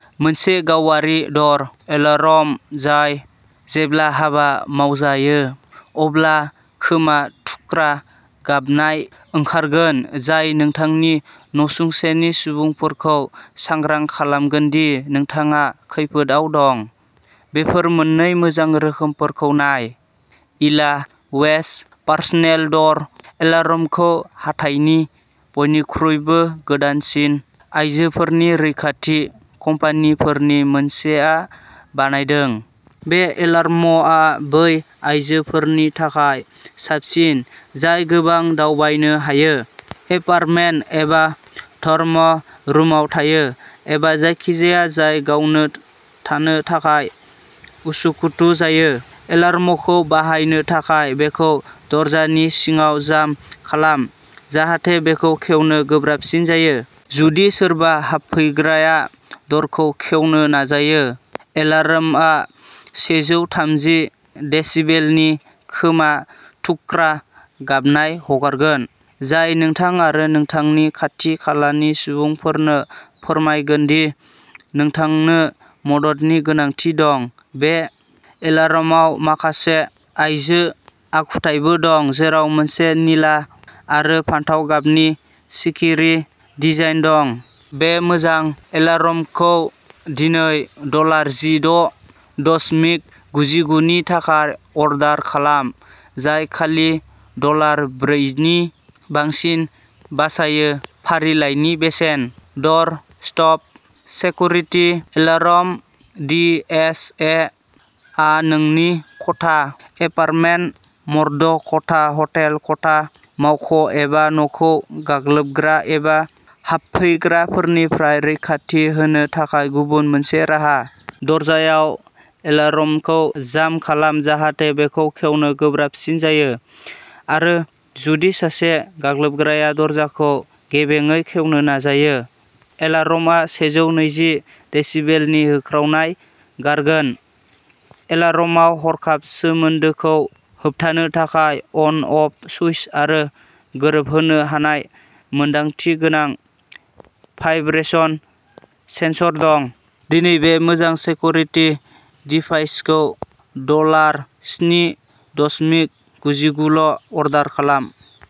मोनसे गावारि द'र एलार्म, जाय जेब्ला हाबा मावजायो, अब्ला खोमा थुख्रा गाबनाय ओंखारगोन, जाय नोंथांनि न'सुंसेनि सुबुंफोरखौ सांग्रां खालामगोन दि नोंथाङा खैफोदआव दं। बेफोर मोननै मोजां रोखोमफोरखौ नाय। इला वेज पार्सनेल द'र एलार्मखौ हाथाइनि बयनिख्रुइबो गोदानसिन आयजोफोरनि रैखाथि कम्पानिफोरनि मोनसेआ बानायदों। बे एलार्म'आ बै आयजोफोरनि थाखाय साबसिन, जाय गोबां दावबायनो हायो, एपार्टमेन्ट एबा डर्म रुमाव थायो, एबा जायखिजाया जाय गावनो थानो थाखाय उसुखुथु जायो। एलार्म'खौ बाहायनो थाखाय, बेखौ दरजानि सिङाव जाम खालाम, जाहाथे बेखौ खेवनो गोब्राबसिन जायो। जुदि सोरबा हाबफैग्राया द'रखौ खेवनो नाजायो, एलार्मआ सेजौ थामजि डेसिबेलनि खोमा थुख्रा गाबनाय हगारगोन, जाय नोंथां आरो नोंथांनि खाथि खालानि सुबुंफोरनो फोरमायगोन दि नोंथांनो मददनि गोनांथि दं। बे एलार्माव माखासे आइजो आखुथायबो दं, जेराव मोनसे निला आरो फान्थाव गाबनि सिखिरि डिजाइन दं। बे मोजां एलार्मखौ दिनै डलार जि द' दसमिक गुजिगुनि थाखाय अर्डार खालाम, जाय खालि डलार ब्रैनि बांसिन बासायो। फारिलाइनि बेसेन! Door stop security alarm D S A आ नोंनि खथा, एपार्टमेन्ट, मर्ड' खथा, हटेल खथा, मावख' एबा न'खौ गाग्लोबग्रा एबा हाबफैग्राफोरनिफ्राय रैखाथि होनो थाखाय गुबुन मोनसे राहा। दरजायाव एलार्मखौ जाम खालाम, जाहाथे बेखौ खेवनो गोब्राबसिन जायो, आरो जुदि सासे गाग्लोबग्राया दरजाखौ गेबेंयै खेवनो नाजायो, एलार्मआ सेजौ नैजि डेसिबेलनि होख्रावनाय गारगोन। एलार्मआव हरखाब सोमोन्दोखौ होबथानो थाखाय अन अफ सुइच आरो गोरोबहोनो हानाय मोनदांथि गोनां भाइब्रेशन सेनसर दं। दिनै बे मोजां सेकुरिटि डिभाइसखौ डलार स्नि दसमिक गुजिगुल' अर्डार खालाम!